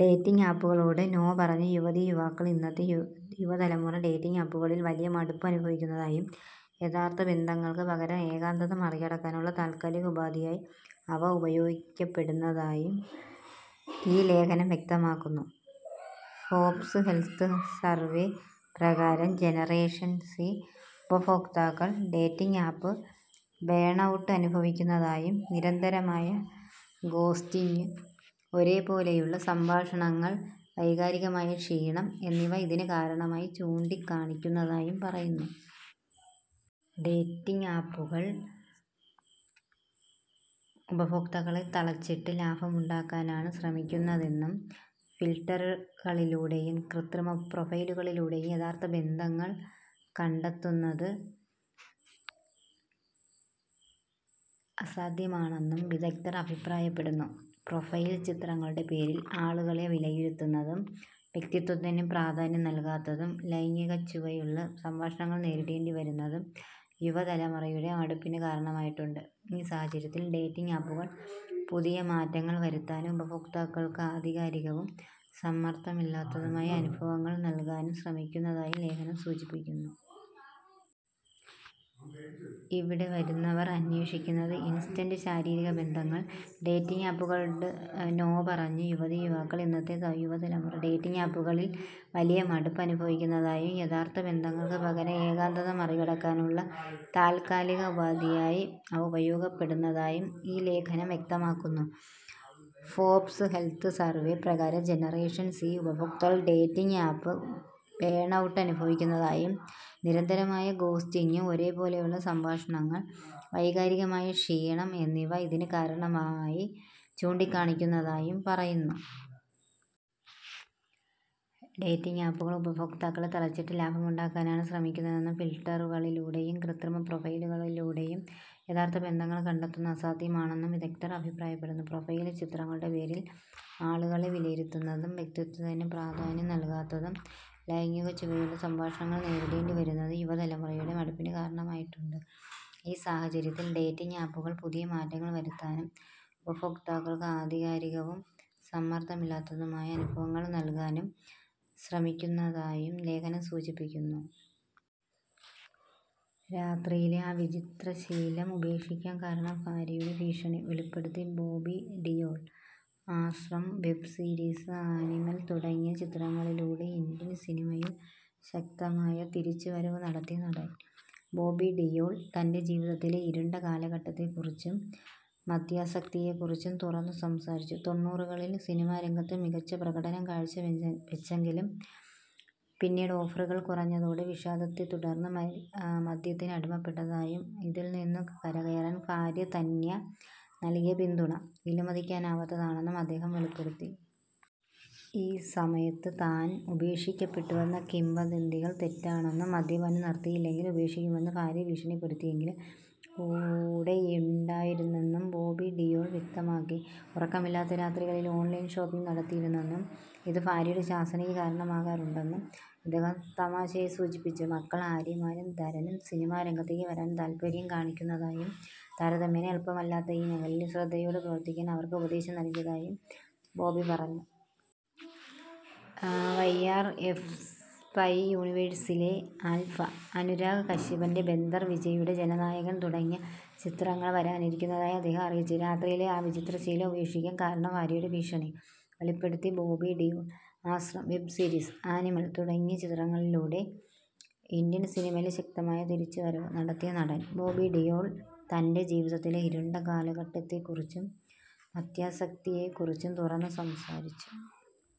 Dating ആപ്പുകളോട് 'no' പറഞ്ഞ് യുവതീ– യുവാക്കൾ ഇന്നത്തെ യുവതലമുറ ഡേറ്റിംഗ് ആപ്പുകളിൽ വലിയ മടുപ്പ് അനുഭവിക്കുന്നതായും, യഥാർത്ഥ ബന്ധങ്ങൾക്ക് പകരം ഏകാന്തത മറികടക്കാനുള്ള താൽക്കാലിക ഉപാധിയായി അവ ഉപയോഗിക്കപ്പെടുന്നതായും ഈ ലേഖനം വ്യക്തമാക്കുന്നു. ഫോർബ്സ് ഹെൽത്ത് സർവേ പ്രകാരം ജനറേഷൻ സി ഉപഭോക്താക്കൾ 'ഡേറ്റിംഗ് ആപ്പ് ബേൺഔട്ട്' അനുഭവിക്കുന്നതായും, നിരന്തരമായ ഗോസ്റ്റിംഗ്, ഒരേപോലെയുള്ള സംഭാഷണങ്ങൾ, വൈകാരികമായ ക്ഷീണം എന്നിവ ഇതിന് കാരണമായി ചൂണ്ടിക്കാണിക്കുന്നതായും പറയുന്നു. ഡേറ്റിംഗ് ആപ്പുകൾ ഉപഭോക്താക്കളെ തളച്ചിട്ട് ലാഭമുണ്ടാക്കാനാണ് ശ്രമിക്കുന്നതെന്നും, ഫിൽട്ടറുകളിലൂടെയും കൃത്രിമ പ്രൊഫൈലുകളിലൂടെയും യഥാർത്ഥ ബന്ധങ്ങൾ കണ്ടെത്തുന്നത് അസാധ്യമാണെന്നും വിദഗ്ധർ അഭിപ്രായപ്പെടുന്നു. പ്രൊഫൈൽ ചിത്രങ്ങളുടെ പേരിൽ ആളുകളെ വിലയിരുത്തുന്നതും, വ്യക്തിത്വത്തിന് പ്രാധാന്യം നൽകാത്തതും, ലൈംഗികച്ചുവയുള്ള സംഭാഷണങ്ങൾ നേരിടേണ്ടി വരുന്നതും യുവതലമുറയുടെ മടുപ്പിന് കാരണമായിട്ടുണ്ട്. ഈ സാഹചര്യത്തിൽ, ഡേറ്റിംഗ് ആപ്പുകൾ പുതിയ മാറ്റങ്ങൾ വരുത്താനും, ഉപഭോക്താക്കൾക്ക് ആധികാരികവും സമ്മർദ്ദമില്ലാത്തതുമായ അനുഭവങ്ങൾ നൽകാനും ശ്രമിക്കുന്നതായും ലേഖനം സൂചിപ്പിക്കുന്നു. ഇവിടെ വരുന്നവർ അന്വേഷിക്കുന്നത് 'ഇൻസ്റ്റന്റ് ശാരീരിക ബന്ധങ്ങൾ'! ഡേറ്റിങ് ആപ്പുകളോട് 'നോ' പറഞ്ഞ് യുവതീ– യുവാക്കൾ ഇന്നത്തെ യുവതലമുറ ഡേറ്റിംഗ് ആപ്പുകളിൽ വലിയ മടുപ്പ് അനുഭവിക്കുന്നതായും, യഥാർത്ഥ ബന്ധങ്ങൾക്ക് പകരം ഏകാന്തത മറികടക്കാനുള്ള താൽക്കാലിക ഉപാധിയായി അവ ഉപയോഗിക്കപ്പെടുന്നതായും ഈ ലേഖനം വ്യക്തമാക്കുന്നു. ഫോർബ്സ് ഹെൽത്ത് സർവേ പ്രകാരം ജനറേഷൻ സി ഉപഭോക്താക്കൾ 'ഡേറ്റിംഗ് ആപ്പ് ബേൺഔട്ട്' അനുഭവിക്കുന്നതായും, നിരന്തരമായ ഗോസ്റ്റിംഗ്, ഒരേപോലെയുള്ള സംഭാഷണങ്ങൾ, വൈകാരികമായ ക്ഷീണം എന്നിവ ഇതിന് കാരണമായി ചൂണ്ടിക്കാണിക്കുന്നതായും പറയുന്നു. ഡേറ്റിംഗ് ആപ്പുകൾ ഉപഭോക്താക്കളെ തളച്ചിട്ട് ലാഭമുണ്ടാക്കാനാണ് ശ്രമിക്കുന്നതെന്നും, ഫിൽട്ടറുകളിലൂടെയും കൃത്രിമ പ്രൊഫൈലുകളിലൂടെയും യഥാർത്ഥ ബന്ധങ്ങൾ കണ്ടെത്തുന്നത് അസാധ്യമാണെന്നും വിദഗ്ധർ അഭിപ്രായപ്പെടുന്നു. പ്രൊഫൈൽ ചിത്രങ്ങളുടെ പേരിൽ ആളുകളെ വിലയിരുത്തുന്നതും, വ്യക്തിത്വത്തിന് പ്രാധാന്യം നൽകാത്തതും, ലൈംഗികച്ചുവയുള്ള സംഭാഷണങ്ങൾ നേരിടേണ്ടി വരുന്നതും യുവതലമുറയുടെ മടുപ്പിന് കാരണമായിട്ടുണ്ട്. ഈ സാഹചര്യത്തിൽ, ഡേറ്റിംഗ് ആപ്പുകൾ പുതിയ മാറ്റങ്ങൾ വരുത്താനും, ഉപഭോക്താക്കൾക്ക് ആധികാരികവും സമ്മർദ്ദമില്ലാത്തതുമായ അനുഭവങ്ങൾ നൽകാനും ശ്രമിക്കുന്നതായും ലേഖനം സൂചിപ്പിക്കുന്നു. രാത്രിയിലെ ആ 'വിചിത്ര ശീലം', ഉപേക്ഷിക്കാൻ കാരണം ഭാര്യയുടെ ഭീഷണി: വെളിപ്പെടുത്തി Bobby Deol 'Aashram' web series, 'Animal' തുടങ്ങിയ ചിത്രങ്ങളിലൂടെ ഇന്ത്യൻ സിനിമയിൽ ശക്തമായ തിരിച്ചുവരവ് നടത്തിയ നടൻ ബോബി ഡിയോൾ, തന്റെ ജീവിതത്തിലെ ഇരുണ്ട കാലഘട്ടത്തെക്കുറിച്ചും മദ്യാസക്തിയെക്കുറിച്ചും തുറന്നു സംസാരിച്ചു. തൊണ്ണൂറുകളിൽ സിനിമാ രംഗത്ത് മികച്ച പ്രകടനം കാഴ്ചവെച്ചെങ്കിലും പിന്നീട് ഓഫറുകൾ കുറഞ്ഞതോടെ വിഷാദത്തെത്തുടർന്ന് മദ്യത്തിന് അടിമപ്പെട്ടതായും, ഇതിൽ നിന്ന് കരകയറാൻ ഭാര്യ തന്യ നൽകിയ പിന്തുണ വിലമതിക്കാനാവാത്തതാണെന്നും അദ്ദേഹം വെളിപ്പെടുത്തി. ഈ സമയത്ത് താൻ ഉപേക്ഷിക്കപ്പെട്ടുവെന്ന കിംവദന്തികൾ തെറ്റാണെന്നും, മദ്യപാനം നിർത്തിയില്ലെങ്കിൽ ഉപേക്ഷിക്കുമെന്ന് ഭാര്യ ഭീഷണിപ്പെടുത്തിയെങ്കിലും കൂടെയുണ്ടായിരുന്നെന്നും ബോബി ഡിയോൾ വ്യക്തമാക്കി. ഉറക്കമില്ലാത്ത രാത്രികളിൽ ഓൺലൈൻ ഷോപ്പിംഗ് നടത്തിയിരുന്നെന്നും, ഇത് ഭാര്യയുടെ ശാസനയ്ക്ക് കാരണമാകാറുണ്ടെന്നും അദ്ദേഹം തമാശയായി സൂചിപ്പിച്ചു. മക്കൾ ആര്യമാനും ധരനും സിനിമാ രംഗത്തേക്ക് വരാൻ താൽപ്പര്യം കാണിക്കുന്നതായും, താരതമ്യേന എളുപ്പമല്ലാത്ത ഈ മേഖലയിൽ ശ്രദ്ധയോടെ പ്രവർത്തിക്കാൻ അവർക്ക് ഉപദേശം നൽകിയതായും ബോബി പറഞ്ഞു. വൈആർഎഫ് സ്പൈ യൂണിവേഴ്സിലെ 'ആൽഫ', അനുരാഗ് കശ്യപിന്റെ 'ബന്ദർ', വിജയ്യുടെ 'ജന നായകൻ' തുടങ്ങിയ ചിത്രങ്ങൾ വരാനിരിക്കുന്നതായി അദ്ദേഹം അറിയിച്ചു. രാത്രിയിലെ ആ 'വിചിത്ര ശീലം', ഉപേക്ഷിക്കാൻ കാരണം ഭാര്യയുടെ ഭീഷണി: വെളിപ്പെടുത്തി Bobby Deol 'Aashram' web series, 'Animal' തുടങ്ങിയ ചിത്രങ്ങളിലൂടെ ഇന്ത്യൻ സിനിമയിൽ ശക്തമായ തിരിച്ചുവരവ് നടത്തിയ നടൻ ബോബി ഡിയോൾ, തന്റെ ജീവിതത്തിലെ ഇരുണ്ട കാലഘട്ടത്തെക്കുറിച്ചും മദ്യാസക്തിയെക്കുറിച്ചും തുറന്നു സംസാരിച്ചു.